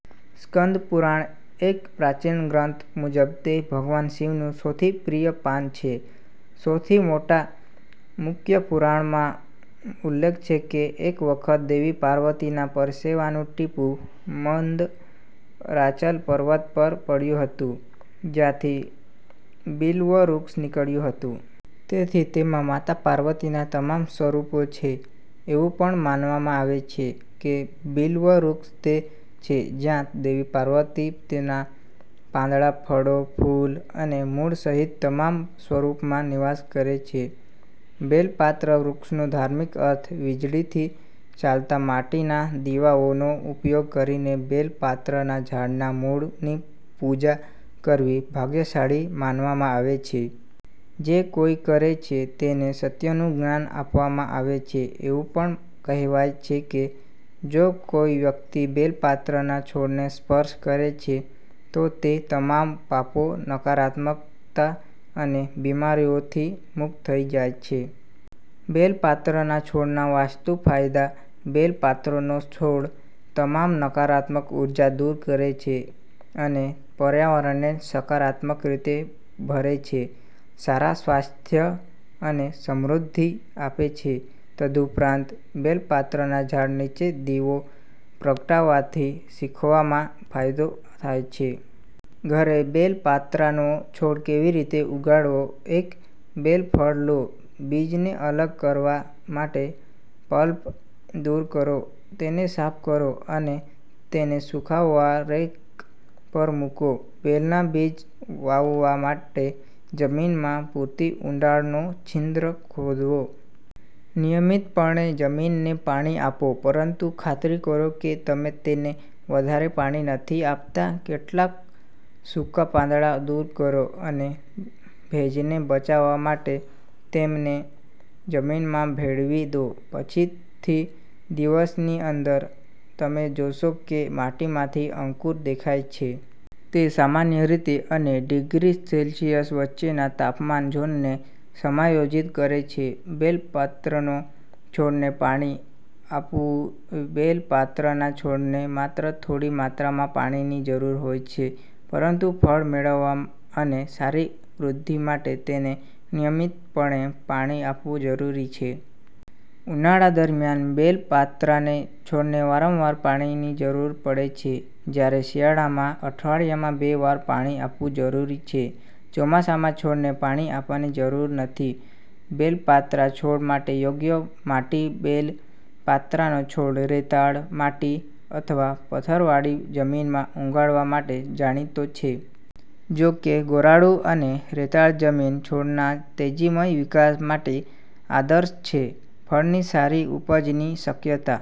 સ્કંદ પુરાણ, એક પ્રાચીન ગ્રંથ મુજબ તે ભગવાન શિવનું સૌથી પ્રિય પાન છે. સૌથી મોટા મુક્યપુરાણમાં ઉલ્લેખ છે કે એક વખત દેવી પાર્વતીના પરસેવાનું ટીપું મંદરાચલ પર્વત પર પડ્યું હતું, જ્યાંથી બિલ્વ વૃક્ષ નીકળ્યું હતું. તેથી, તેમાં માતા પાર્વતીના તમામ સ્વરૂપો છે. એવું પણ માનવામાં આવે છે કે બિલ્વ રૂખ તે છે જ્યાં દેવી પાર્વતી તેના પાંદડા, ફળો, ફૂલો અને મૂળ સહિત તમામ સ્વરૂપોમાં નિવાસ કરે છે. બેલ પાત્ર વૃક્ષનો ધાર્મિક અર્થ વીજળીથી ચાલતા માટીના દીવાઓનો ઉપયોગ કરીને બેલ પાત્રના ઝાડના મૂળની પૂજા કરવી ભાગ્યશાળી માનવામાં આવે છે. જે કોઈકરે છે તેને સત્યનું જ્ઞાન આપવામાં આવે છે. એવું પણ કહેવાય છે કે જો કોઈ વ્યક્તિ બેલ પાત્રના છોડને સ્પર્શ કરે છે, તો તે તમામ પાપો, નકારાત્મકતા અને બીમારીઓથી મુક્ત થઈ જાય છે. બેલ પાત્રના છોડના વાસ્તુ ફાયદા બેલ પાત્રનો છોડ તમામ નકારાત્મક ઉર્જા દૂર કરે છે અને પર્યાવરણને સકારાત્મક રીતે ભરે છે, સારા સ્વાસ્થ્ય અને સમૃદ્ધિ આપે છે. તદુપરાંત, બેલ પાત્રના ઝાડ નીચે દીવો પ્રગટાવવાથી શીખવામાં ફાયદો થાય છે. ઘરે બેલ પાત્રાનો છોડ કેવી રીતે ઉગાડવો એક બેલ ફળ લો, બીજને અલગ કરવા માટે પલ્પ દૂર કરો, તેને સાફ કરો અને તેને સૂકવવાના રેક પર મૂકો. બેલના બીજ વાવવા માટે જમીનમાં પૂરતી ઊંડાણનો છિદ્ર ખોલવો. નિયમિતપણે જમીનને પાણી આપો પરંતુ ખાતરી કરો કે તમે તેને વધારે પાણી નથી આપતા. કેટલાક સૂકા પાંદડા દૂર કરો અને ભેજને બચાવવા માટે તેમને જમીનમાં ભેળવી દો. પછી, થી દિવસની અંદર, તમે જોશો કે માટીમાંથી અંકુર દેખાય છે. તે સામાન્ય રીતે અને ડિગ્રી સેલ્સિયસ વચ્ચેના તાપમાન ઝોનને સમાયોજિત કરે છે. બેલ પાત્રના છોડને પાણી આપવુંબેલ પાત્રના છોડને માત્ર થોડી માત્રામાં પાણીની જરૂર હોય છે. પરંતુ ફળ મેળવવા અને સારી વૃદ્ધિ માટે, તેને નિયમિતપણે પાણી આપવું જરૂરી છે. ઉનાળા દરમિયાન, બેલ પાત્રના છોડને વારંવાર પાણીની જરૂર પડે છે, જ્યારે શિયાળામાં અઠવાડિયામાં બે વાર પાણી આપવું જરૂરી છે. ચોમાસામાં, છોડને પાણી આપવાની જરૂર નથી. બેલ પાત્રા છોડ માટે યોગ્ય માટીબેલ પાત્રાનો છોડ રેતાળ, માટી અથવા પથ્થરવાળી જમીનમાં ઉગાડવા માટે જાણીતો છે. જો કે, ગોરાડુ અને રેતાળ જમીન છોડના તેજીમય વિકાસ માટે આદર્શ છે. ફળની સારી ઉપજની શક્યતા